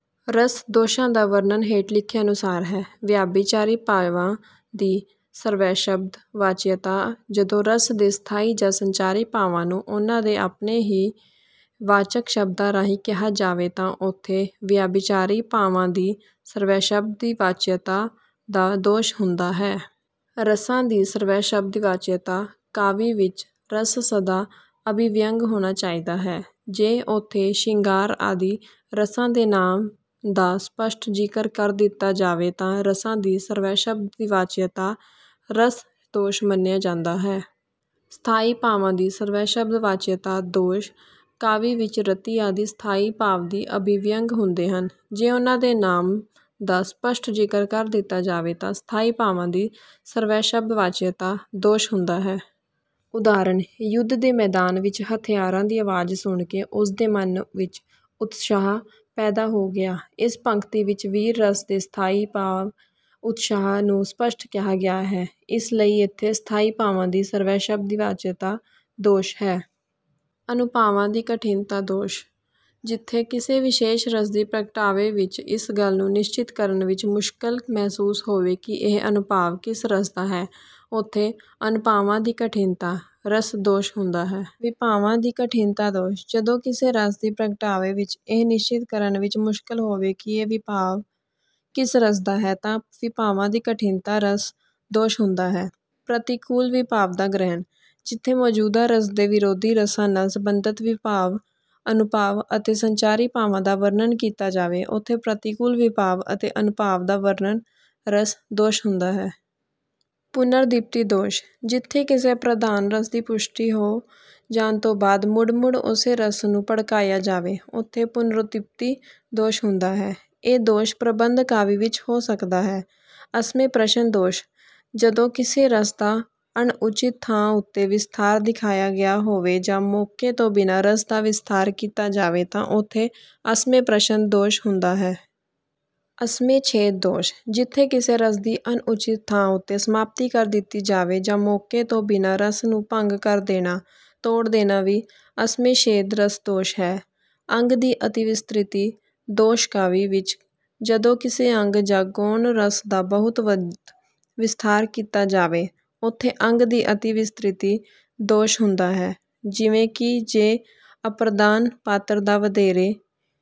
ਰਸ ਦੋਸ਼ਾਂ ਦਾ ਵਰਣਨ ਹੇਠ ਲਿਖੇ ਅਨੁਸਾਰ ਹੈ: ਵਿਆਭਿਚਾਰੀ ਭਾਵਾਂ ਦੀ ਸ਼੍ਰਵੈਸ਼ਬਦਵਾਚਯਤਾ-ਜਦੋਂ ਰਸ ਦੇ ਸਥਾਈ ਜਾਂ ਸੰਚਾਰੀ ਭਾਵਾਂ ਨੂੰ ਉਨ੍ਹਾਂ ਦੇ ਆਪਣੇ ਹੀ ਵਾਚਕ ਸ਼ਬਦਾਂ ਰਾਹੀਂ ਕਿਹਾ ਜਾਵੇ ਤਾਂ ਉੱਥੇ 'ਵਿਆਭਿਚਾਰੀ ਭਾਵਾਂ ਦੀ ਸ਼੍ਰਵੈਸ਼ਬਦਵਾਚਯਤਾ ਦਾ ਦੋਸ਼ ਹੁੰਦਾ ਹੈ। ਰਸਾਂ ਦੀ ਸ਼੍ਰਵੈਸ਼ਬਦਵਾਚਯਤਾ- ਕਾਵਿ ਵਿੱਚ ਰਸ ਸਦਾ ਅਭਿਵਿਅੰਗ ਹੋਣਾ ਚਾਹੀਦਾ ਹੈ। ਜੇ ਉੱਥੇ 'ਸ਼ਿੰਗਾਰ' ਆਦਿ ਰਸਾਂ ਦੇ ਨਾਮ ਦਾ ਸਪੱਸ਼ਟ ਜ਼ਿਕਰ ਕਰ ਦਿੱਤਾ ਜਾਵੇ ਤਾਂ 'ਰਸਾ ਦੀ ਸ਼੍ਰਵੈਸ਼ਬਦਵਾਚਯਤਾ' ਰਸ ਦੋਸ਼ ਮੰਨਿਆ ਜਾਂਦਾ ਹੈ। ਸਥਾਈ ਭਾਵਾਂ ਦੀ ਸ਼੍ਰਵੈਸ਼ਬਦਵਾਚਯਤਾ ਦੋਸ਼- ਕਾਵਿ ਵਿੱਚ 'ਰਤੀ' ਆਦਿ ਸਥਾਈ ਭਾਵ ਵੀ ਅਭਿਵਿਅੰਗ ਹੁੰਦੇ ਹਨ। ਜੇ ਉਨ੍ਹਾਂ ਦੇ ਨਾਮ ਦਾ ਸਪੱਸ਼ਟ ਜ਼ਿਕਰ ਕਰ ਦਿੱਤਾ ਜਾਵੇ ਤਾਂ 'ਸਥਾਈ ਭਾਵਾਂ ਦੀ ਸ਼੍ਰਵੈਸ਼ਬਦਵਾਚਯਤਾ' ਦੋਸ਼ ਹੁੰਦਾ ਹੈ। ਉਦਾਹਰਨ- ਯੁੱਧ ਦੇ ਮੈਦਾਨ ਵਿੱਚ ਹਥਿਆਰਾਂ ਦੀ ਆਵਾਜ਼ ਸੁਣ ਕੇ ਉਸ ਦੇ ਮਨ ਵਿੱਚ ਉਤਸ਼ਾਹ ਪੈਦਾ ਹੋ ਗਿਆ। ਇਸ ਪੰਕਤੀ ਵਿੱਚ ਵੀਰ ਰਸ ਦੇ ਸਥਾਈ ਭਾਵ 'ਉਤਸ਼ਾਹ' ਨੂੰ ਸਪੱਸ਼ਟ ਕਿਹਾ ਗਿਆ ਹੈ, ਇਸ ਲਈ ਇੱਥੇ 'ਸਥਾਈ ਭਾਵਾਂ ਦੀ ਸ਼੍ਰਵੈਸ਼ਬਦਵਾਚਯਤਾ' ਦੋਸ਼ ਹੈ। ਅਨੁਭਾਵਾਂ ਦੀ ਕਠਿਨਤਾ ਦੋਸ਼- ਜਿੱਥੇ ਕਿਸੇ ਵਿਸ਼ੇਸ਼ ਰਸ ਦੀ ਪ੍ਰਗਟਾਵੇ ਵਿੱਚ ਇਸ ਗੱਲ ਨੂੰ ਨਿਸ਼ਚਿਤ ਕਰਨ ਵਿੱਚ ਮੁਸ਼ਕਲ ਮਹਿਸੂਸ ਹੋਵੇ ਕਿ ਇਹ ਅਨੁਭਾਵ ਕਿਸ ਰਸ ਦਾ ਹੈ, ਉੱਥੇ 'ਅਨੁਭਾਵਾਂ ਦੀ ਕਠਿਨਤਾ' ਰਸ ਦੋਸ਼ ਹੁੰਦਾ ਹੈ। ਵਿਭਾਵਾਂ ਦੀ ਕਠਿਨਤਾ ਦੋਸ਼- ਜਦੋਂ ਕਿਸੇ ਰਸ ਦੀ ਪ੍ਰਗਟਾਵੇ ਵਿੱਚ ਇਹ ਨਿਸ਼ਚਿਤ ਕਰਨ ਵਿੱਚ ਮੁਸ਼ਕਲ ਹੋਵੇ ਕਿ ਇਹ ਵਿਭਾਵ ਕਿਸ ਰਸ ਦਾ ਹੈ ਤਾਂ 'ਵਿਭਾਵਾਂ ਦੀ ਕਠਿਨਤਾ' ਰਸ ਦੋਸ਼ ਹੁੰਦਾ ਹੈ। ਪ੍ਰਤੀਕੂਲ ਵਿਭਾਵ ਦਾ ਗ੍ਰਹਿਣ- ਜਿੱਥੇ ਮੌਜੂਦਾ ਰਸ ਦੇ ਵਿਰੋਧੀ ਰਸਾਂ ਨਾਲ ਸਬੰਧਤ ਵਿਭਾਵ, ਅਨੁਭਾਵ ਅਤੇ ਸੰਚਾਰੀ ਭਾਵਾਂ ਦਾ ਵਰਣਨ ਕੀਤਾ ਜਾਵੇ, ਉੱਥੇ 'ਪ੍ਰਤੀਕੂਲ ਵਿਭਾਵ ਅਤੇ ਅਨੁਭਾਵ ਦਾ ਵਰਣਨ' ਰਸ ਦੋਸ਼ ਹੁੰਦਾ ਹੈ। ਪੁਨਰਦੀਪਤੀ ਦੋਸ਼- ਜਿੱਥੇ ਕਿਸੇ ਪ੍ਰਧਾਨ ਰਸ ਦੀ ਪੁਸ਼ਟੀ ਹੋ ਜਾਣ ਤੋਂ ਬਾਅਦ ਮੁੜ-ਮੁੜ ਉਸੇ ਰਸ ਨੂੰ ਭੜਕਾਇਆ ਜਾਵੇ, ਉੱਥੇ 'ਪੁਨਰਦੀਪਤੀ' ਦੋਸ਼ ਹੁੰਦਾ ਹੈ। ਇਹ ਦੋਸ਼ ਪ੍ਰਬੰਧ ਕਾਵਿ ਵਿੱਚ ਹੋ ਸਕਦਾ ਹੈ। ਅਸਮੇਂ ਪ੍ਰਸ਼ਨ ਦੋਸ਼- ਜਦੋਂ ਕਿਸੇ ਰਸ ਦਾ ਅਣਉਚਿਤ ਥਾਂ ਉੱਤੇ ਵਿਸਥਾਰ ਦਿਖਾਇਆ ਗਿਆ ਹੋਵੇ ਜਾਂ ਮੌਕੇ ਤੋਂ ਬਿਨਾਂ ਰਸ ਦਾ ਵਿਸਥਾਰ ਕੀਤਾ ਜਾਵੇ ਤਾਂ ਉੱਥੇ 'ਅਸਮੇਂ ਪ੍ਰਸ਼ਨ' ਦੋਸ਼ ਹੁੰਦਾ ਹੈ। ਅਸਮੇਂ ਛੇਦ ਦੋਸ਼- ਜਿੱਥੇ ਕਿਸੇ ਰਸ ਦੀ ਅਣਉਚਿਤ ਥਾਂ ਉੱਤੇ ਸਮਾਪਤੀ ਕਰ ਦਿੱਤੀ ਜਾਵੇ ਜਾਂ ਮੌਕੇ ਤੋਂ ਬਿਨਾਂ ਰਸ ਨੂੰ ਭੰਗ ਕਰ ਦੇਣਾ, ਤੋੜ ਦੇਣਾ ਵੀ 'ਅਸਮੇਂ ਛੇਦ' ਰਸ ਦੋਸ਼ ਹੈ। ਅੰਗ ਦੀ ਅਤਿ ਵਿਸਤ੍ਰਿਤੀ ਦੋਸ਼- ਕਾਵਿ ਵਿੱਚ ਜਦੋਂ ਕਿਸੇ ਅੰਗ ਜਾਂ ਗੌਣ ਰਸ ਦਾ ਬਹੁਤ ਵੱਧ ਵਿਸਥਾਰ ਕੀਤਾ ਜਾਵੇ, ਉੱਥੇ 'ਅੰਗ ਦੀ ਅਤਿ ਵਿਸਤ੍ਰਿਤੀ' ਦੋਸ਼ ਹੁੰਦਾ ਹੈ। ਜਿਵੇਂ ਕਿ ਜੇ ਅਪ੍ਰਧਾਨ ਪਾਤਰ ਦਾ ਵਧੇਰੇ